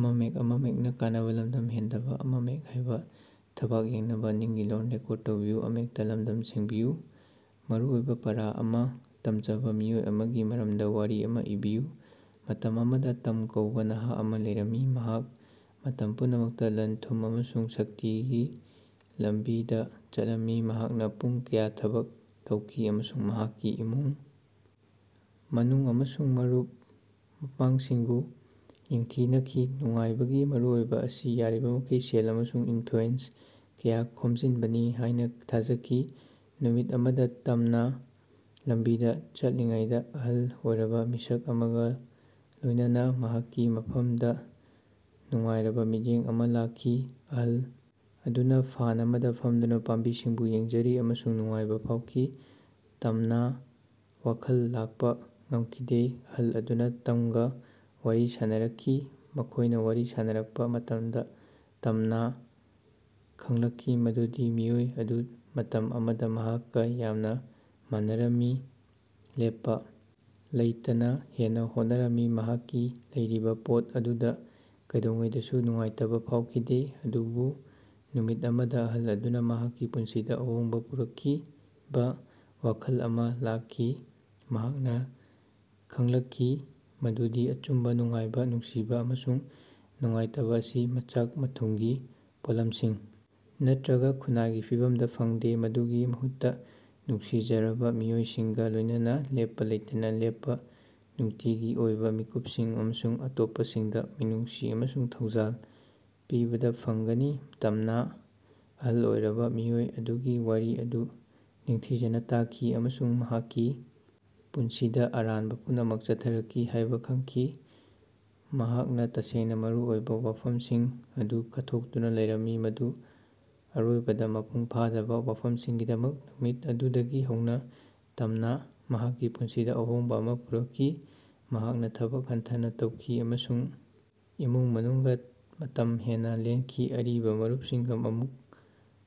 ꯃꯔꯨꯑꯣꯏꯕꯥ ꯄꯥꯔꯥ ꯑꯃꯥ ꯇꯝꯖꯕꯥ ꯃꯤꯑꯣꯏ ꯑꯃꯒꯤ ꯃꯔꯝꯗꯥ ꯋꯥꯔꯤ ꯑꯃ ꯏꯕꯤꯌꯨ꯫ ꯃꯇꯝ ꯑꯃꯗ ꯇꯝ ꯀꯧꯕꯥ ꯅꯍꯥ ꯑꯃ ꯂꯩꯔꯝꯃꯤ ꯃꯍꯥꯛ ꯃꯇꯝ ꯄꯨꯝꯅꯃꯛꯇꯥ ꯂꯟ-ꯊꯨꯝ ꯑꯃꯁꯨꯡ ꯁꯛꯇꯤꯒꯤ ꯂꯝꯕꯤꯗꯥ ꯆꯠꯂꯝꯃꯤ꯫ ꯃꯍꯥꯛꯅꯥ ꯄꯨꯡ ꯀꯌꯥ ꯊꯕꯛ ꯇꯧꯈꯤ ꯑꯃꯁꯨꯡ ꯃꯍꯥꯛꯀꯤ ꯏꯃꯨꯡ ꯃꯅꯨꯡ ꯑꯃꯁꯨꯡ ꯃꯔꯨꯞ ꯃꯄꯥꯡꯁꯤꯡꯕꯨ ꯌꯦꯡꯊꯤꯅꯈꯤ ꯅꯨꯡꯉꯥꯏꯕꯒꯤ ꯃꯔꯨꯑꯣꯏꯕꯥ ꯑꯁꯤ ꯌꯥꯔꯤꯕꯃꯈꯩ ꯁꯦꯜ ꯑꯃꯁꯨꯡ ꯏꯟꯐ꯭ꯂꯨꯌꯦꯟꯁ ꯀꯌꯥ ꯈꯣꯝꯖꯤꯟꯕꯅꯤ ꯍꯥꯢꯅ ꯊꯥꯖꯈꯤ꯫ ꯅꯨꯃꯤꯠ ꯑꯃꯗ ꯇꯝꯅ ꯂꯝꯕꯤꯗ ꯆꯠꯂꯤꯉꯩꯗꯥ ꯑꯍꯜ ꯑꯣꯏꯔꯕ ꯃꯤꯁꯛ ꯑꯃꯒ ꯂꯣꯢꯅꯅꯥ ꯃꯍꯥꯛꯀꯤ ꯃꯐꯝꯗ ꯅꯨꯡꯉꯥꯏꯔꯕꯥ ꯃꯤꯠꯌꯦꯡ ꯑꯃ ꯂꯥꯛꯈꯤ꯫ ꯑꯍꯜ ꯑꯗꯨꯅ ꯐꯥꯟ ꯑꯃꯗ ꯐꯝꯗꯨꯅ ꯄꯥꯝꯕꯤꯁꯤꯡꯕꯨ ꯌꯦꯡꯖꯔꯤ ꯑꯃꯁꯨꯡ ꯅꯨꯡꯉꯥꯏꯕ ꯐꯥꯎꯈꯤ꯫ ꯇꯝꯅꯥ ꯋꯥꯈꯜ ꯂꯥꯛꯄ ꯉꯝꯈꯤꯗꯦ꯫ ꯑꯍꯜ ꯑꯗꯨꯅ ꯇꯝꯒꯥ ꯋꯥꯔꯤ ꯁꯥꯅꯔꯛꯈꯤ ꯃꯈꯣꯢꯅ ꯋꯥꯔꯤ ꯁꯥꯅꯔꯛꯄ ꯃꯇꯝꯗ ꯇꯝꯅꯥ ꯈꯡꯂꯛꯈꯤ ꯃꯗꯨꯗꯤ ꯃꯤꯑꯣꯏ ꯑꯗꯨ ꯃꯇꯝ ꯑꯃꯗ ꯃꯍꯥꯛꯀ ꯌꯥꯝꯅ ꯃꯥꯟꯅꯔꯝꯃꯤ ꯂꯦꯞꯄ ꯂꯩꯇꯅ ꯍꯦꯟꯅ ꯍꯣꯠꯅꯔꯝꯃꯤ ꯃꯍꯥꯛꯀꯤ ꯂꯩꯔꯤꯕꯥ ꯄꯣꯠ ꯑꯗꯨꯗ ꯀꯩꯗꯧꯉꯩꯗꯁꯨ ꯅꯨꯡꯉꯥꯏꯇꯕ ꯐꯥꯎꯈꯤꯗꯦ꯫ ꯑꯗꯨꯕꯨ ꯅꯨꯃꯤꯠ ꯑꯃꯗ ꯑꯍꯜ ꯑꯗꯨꯅ ꯃꯍꯥꯛꯀꯤ ꯄꯨꯟꯁꯤꯗ ꯑꯍꯣꯡꯕ ꯄꯨꯔꯛꯈꯤꯕ ꯋꯥꯈꯜ ꯑꯃ ꯂꯥꯛꯈꯤ꯫ ꯃꯍꯥꯛꯅ ꯈꯡꯂꯛꯈꯤ ꯃꯗꯨꯗꯤ ꯑꯆꯨꯝꯕ ꯅꯨꯡꯉꯥꯏꯕ ꯅꯨꯡꯁꯤꯕ ꯑꯃꯁꯨꯡ ꯅꯨꯡꯉꯥꯏꯇꯕ ꯑꯁꯤ ꯃꯆꯥꯛ-ꯃꯊꯨꯝꯒꯤ ꯄꯣꯠꯂꯝꯁꯤꯡ ꯅꯠꯇ꯭ꯔꯒ ꯈꯨꯟꯅꯥꯏꯒꯤ ꯐꯤꯚꯝꯗ ꯐꯪꯗꯦ ꯃꯗꯨꯒꯤ ꯃꯍꯨꯠꯇ ꯅꯨꯡꯁꯤꯖꯔꯕ ꯃꯤꯑꯣꯏꯁꯤꯡꯒ ꯂꯣꯢꯅꯅꯥ ꯂꯦꯞꯄꯥ ꯂꯩꯇꯅ ꯂꯦꯞꯄ ꯅꯨꯡꯇꯤꯒꯤ ꯑꯣꯏꯕ ꯃꯤꯀꯨꯞꯁꯤꯡ ꯑꯃꯁꯨꯡ ꯑꯇꯣꯞꯄꯁꯤꯡꯗ ꯃꯤꯅꯨꯡꯁꯤ ꯑꯃꯁꯨꯡ ꯊꯧꯖꯥꯜ ꯄꯤꯕꯗ ꯐꯪꯒꯅꯤ꯫ ꯇꯝꯅꯥ ꯑꯍꯜ ꯑꯣꯏꯔꯕ ꯃꯤꯑꯣꯏ ꯑꯗꯨꯒꯤ ꯋꯥꯔꯤ ꯑꯗꯨ ꯅꯤꯡꯊꯤꯖꯅ ꯇꯥꯈꯤ ꯑꯃꯁꯨꯡ ꯃꯍꯥꯛꯀꯤ ꯄꯨꯟꯁꯤꯗ ꯑꯔꯥꯟꯕ ꯄꯨꯝꯅꯃꯛ ꯆꯠꯊꯔꯛꯈꯤ ꯍꯥꯢꯕ ꯈꯡꯈꯤ꯫ ꯃꯍꯥꯛꯅ ꯇꯁꯦꯡꯅ ꯃꯔꯨ ꯑꯣꯏꯕ ꯋꯥꯐꯝꯁꯤꯡ ꯑꯗꯨ ꯀꯠꯊꯣꯛꯇꯨꯅ ꯂꯩꯔꯝꯃꯤ ꯃꯗꯨ ꯑꯔꯣꯏꯕꯗ ꯃꯄꯨꯡ ꯐꯥꯗꯕ ꯋꯥꯐꯝꯁꯤꯡꯒꯤꯗꯃꯛ꯫ ꯅꯨꯃꯤꯠ ꯑꯗꯨꯗꯒꯤ ꯍꯧꯅꯥ ꯇꯝꯅꯥ ꯃꯍꯥꯛꯀꯤ ꯄꯨꯟꯁꯤꯗ ꯑꯍꯣꯡꯕ ꯑꯃꯥ ꯄꯨꯔꯛꯈꯤ꯫ ꯃꯍꯥꯛꯅ ꯊꯕꯛ ꯍꯟꯊꯅ ꯇꯧꯈꯤ ꯑꯃꯁꯨꯡ ꯏꯃꯨꯡ ꯃꯅꯨꯡꯒ ꯃꯇꯝ ꯍꯦꯟꯅ ꯂꯦꯟꯈꯤ ꯑꯔꯤꯕ ꯃꯔꯨꯞꯁꯤꯡꯒ ꯑꯃꯨꯛ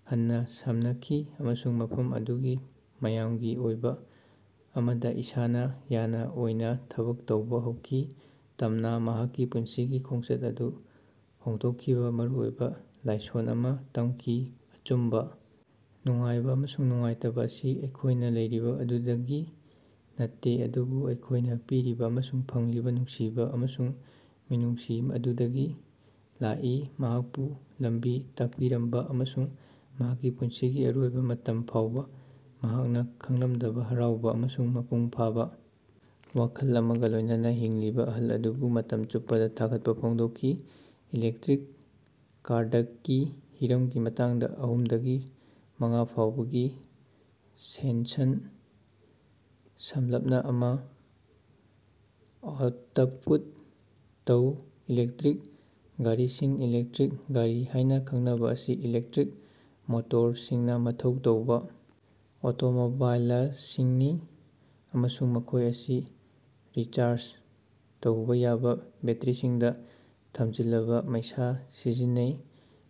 ꯍꯟꯅ ꯁꯝꯅꯈꯤ ꯑꯃꯁꯨꯡ ꯃꯐꯝ ꯑꯗꯨꯒꯤ ꯃꯥꯌꯥꯝꯒꯤ ꯑꯣꯏꯕ ꯑꯃꯗ ꯏꯁꯥꯅ ꯌꯥꯅ ꯑꯣꯏꯅ ꯊꯕꯛ ꯇꯧꯕꯥ ꯍꯧꯈꯤ꯫ ꯇꯝꯅꯥ ꯃꯍꯥꯛꯀꯤ ꯄꯨꯟꯁꯤꯒꯤ ꯈꯣꯡꯆꯠ ꯑꯗꯨ ꯍꯣꯡꯗꯣꯛꯈꯤꯕꯥ ꯃꯔꯨꯑꯣꯏꯕ ꯂꯥꯏꯁꯣꯟ ꯑꯃ ꯇꯝꯈꯤ ꯑꯆꯨꯝꯕ ꯅꯨꯡꯉꯥꯏꯕ ꯑꯃꯁꯨꯡ ꯅꯨꯡꯉꯥꯏꯇꯕ ꯑꯁꯤ ꯑꯩꯈꯣꯢꯅ ꯂꯩꯔꯤꯕꯥ ꯑꯗꯨꯗꯒꯤ ꯅꯠꯇꯦ ꯑꯗꯨꯕꯨ ꯑꯩꯈꯣꯢꯅ ꯄꯤꯔꯤꯕ ꯑꯃꯁꯨꯡ ꯐꯪꯂꯤꯕꯥ ꯅꯨꯡꯁꯤꯕ ꯑꯃꯁꯨꯡ ꯃꯤꯅꯨꯡꯁꯤ ꯑꯗꯨꯗꯒꯤ ꯂꯥꯛꯏ꯫ ꯃꯍꯥꯛꯄꯨ ꯂꯝꯕꯤ ꯇꯥꯛꯄꯤꯔꯝꯕ ꯑꯃꯁꯨꯡ ꯃꯍꯥꯛꯀꯤ ꯄꯨꯟꯁꯤꯒꯤ ꯑꯔꯣꯏꯕ ꯃꯇꯝ ꯐꯥꯎꯕ ꯃꯍꯥꯛꯅ ꯈꯪꯂꯝꯗꯕꯥ ꯍꯔꯥꯎꯕ ꯑꯃꯁꯨꯡ ꯃꯄꯨꯡ ꯐꯥꯕ ꯋꯥꯈꯜ ꯑꯃꯒ ꯂꯣꯢꯅꯅꯥ ꯍꯤꯡꯂꯤꯕ ꯑꯍꯜ ꯑꯗꯨꯕꯨ ꯃꯇꯝ ꯆꯨꯞꯄꯗ ꯊꯥꯒꯠꯄ ꯐꯣꯡꯗꯣꯛꯈꯤ꯫ ꯏꯂꯦꯛꯇ꯭ꯔꯤꯛ ꯀꯥꯔꯗꯀꯤ ꯍꯤꯔꯝꯒꯤ ꯃꯇꯥꯡꯗ ꯑꯍꯨꯝꯗꯒꯤ ꯃꯉꯥ ꯐꯥꯎꯕꯒꯤ ꯁꯦꯟꯁꯟ ꯁꯝꯂꯞꯅ ꯑꯃ ꯑꯥꯎꯇꯄꯨꯠ ꯇꯧ꯫ ꯏꯂꯦꯛꯇ꯭ꯔꯤꯛ ꯒꯥꯔꯤꯁꯤꯡ ꯏꯂꯦꯛꯇ꯭ꯔꯤꯛ ꯒꯥꯔꯤ ꯍꯥꯢꯅ ꯈꯪꯅꯕ ꯑꯁꯤ ꯏꯂꯦꯛꯇꯔꯤꯛ ꯃꯣꯇꯣꯔꯁꯤꯡꯅ ꯃꯊꯧ ꯇꯧꯕ ꯑꯣꯇꯣꯃꯣꯕꯥꯏꯜꯁꯤꯡꯅꯤ ꯑꯃꯁꯨꯡ ꯃꯈꯣꯢ ꯑꯁꯤ ꯔꯤꯆꯥꯔꯖ ꯇꯧꯕꯥ ꯌꯥꯕ ꯕꯦꯇ꯭ꯔꯤꯁꯤꯡꯗ ꯊꯝꯖꯤꯜꯂꯕ ꯃꯩꯁꯥ ꯁꯤꯖꯤꯟꯅꯩ꯫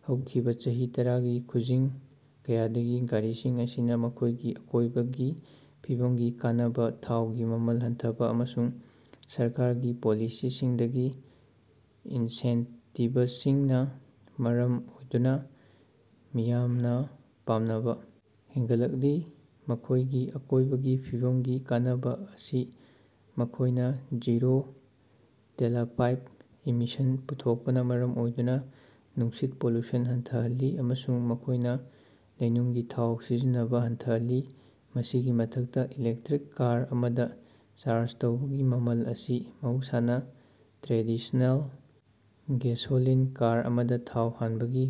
ꯍꯧꯈꯤꯕꯥ ꯆꯍꯤ ꯇꯔꯥꯒꯤ ꯈꯨꯖꯤꯡ ꯀꯌꯥꯗꯒꯤ ꯒꯥꯔꯤꯁꯤꯡ ꯑꯁꯤꯅꯥ ꯃꯈꯣꯢꯒꯤ ꯑꯀꯣꯢꯕꯒꯤ ꯐꯤꯕꯝꯒꯤ ꯀꯥꯟꯅꯕ ꯊꯥꯎꯒꯤ ꯃꯃꯜ ꯍꯟꯊꯕ ꯑꯃꯁꯨꯡ ꯁꯔꯀꯥꯔꯒꯤ ꯄꯣꯂꯤꯁꯤꯁꯤꯡꯗꯒꯤ ꯏꯟꯁꯦꯟꯇꯤꯕꯁꯤꯡꯅ ꯃꯔꯝ ꯑꯣꯏꯗꯨꯅ ꯃꯤꯌꯥꯝꯅ ꯄꯥꯝꯅꯕ ꯍꯦꯟꯒꯠꯂꯛꯂꯤ꯫ ꯃꯈꯣꯢꯒꯤ ꯑꯀꯣꯢꯕꯒꯤ ꯐꯤꯕꯝꯒꯤ ꯀꯥꯟꯅꯕ ꯑꯁꯤ ꯃꯈꯣꯢꯅ ꯖꯤꯔꯣ ꯇꯦꯂꯄꯥꯏꯞ ꯏꯃꯤꯁꯟ ꯄꯨꯊꯣꯛꯄꯅ ꯃꯔꯝ ꯑꯣꯏꯗꯨꯅ ꯅꯨꯡꯁꯤꯠ ꯄꯣꯂꯨꯁꯟ ꯍꯟꯊꯍꯜꯂꯤ ꯑꯃꯁꯨꯡ ꯃꯈꯣꯢꯅ ꯂꯩꯅꯨꯡꯒꯤ ꯊꯥꯎ ꯁꯤꯖꯤꯟꯅꯕ ꯍꯟꯊꯍꯜꯂꯤ꯫ ꯃꯁꯤꯒꯤ ꯃꯊꯛꯇꯥ ꯏꯂꯦꯛꯇ꯭ꯔꯤꯛ ꯀꯥꯔ ꯑꯃꯗꯥ ꯆꯥꯔꯖ ꯇꯧꯕꯒꯤ ꯃꯃꯜ ꯑꯁꯤ ꯃꯍꯧꯁꯥꯅꯥ ꯇ꯭ꯔꯦꯗꯤꯁꯅꯦꯜ ꯒꯦꯁꯣꯂꯤꯟ ꯀꯥꯔ ꯑꯃꯗ ꯊꯥꯎ ꯍꯥꯟꯕꯒꯤ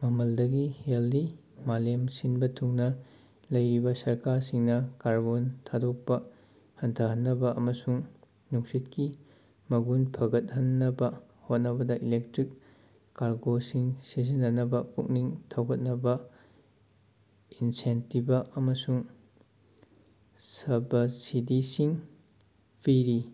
ꯃꯃꯜꯗꯒꯤ ꯍꯦꯜꯂꯤ꯫ ꯃꯥꯂꯦꯝ ꯁꯤꯟꯕ ꯊꯨꯡꯅ ꯂꯩꯔꯤꯕ ꯁꯔꯀꯥꯔꯁꯤꯡꯅ ꯀꯥꯔꯕꯣꯟ ꯊꯥꯗꯣꯛꯄꯥ ꯍꯟꯊꯍꯟꯅꯕ ꯑꯃꯁꯨꯡ ꯅꯨꯡꯁꯤꯠꯀꯤ ꯃꯒꯨꯟ ꯐꯒꯠꯍꯟꯅꯕ ꯍꯣꯠꯅꯕꯗ ꯏꯂꯦꯛꯇ꯭ꯔꯤꯛ ꯀꯥꯔꯒꯣꯁꯤꯡ ꯁꯤꯖꯤꯟꯅꯅꯕꯥ ꯄꯨꯛꯅꯤꯡ ꯊꯧꯒꯠꯅꯕꯥ ꯏꯟꯁꯦꯟꯇꯤꯕ ꯑꯃꯁꯨꯡ ꯁꯕꯁꯤꯗꯤꯁꯤꯡ ꯄꯤꯔꯤ꯫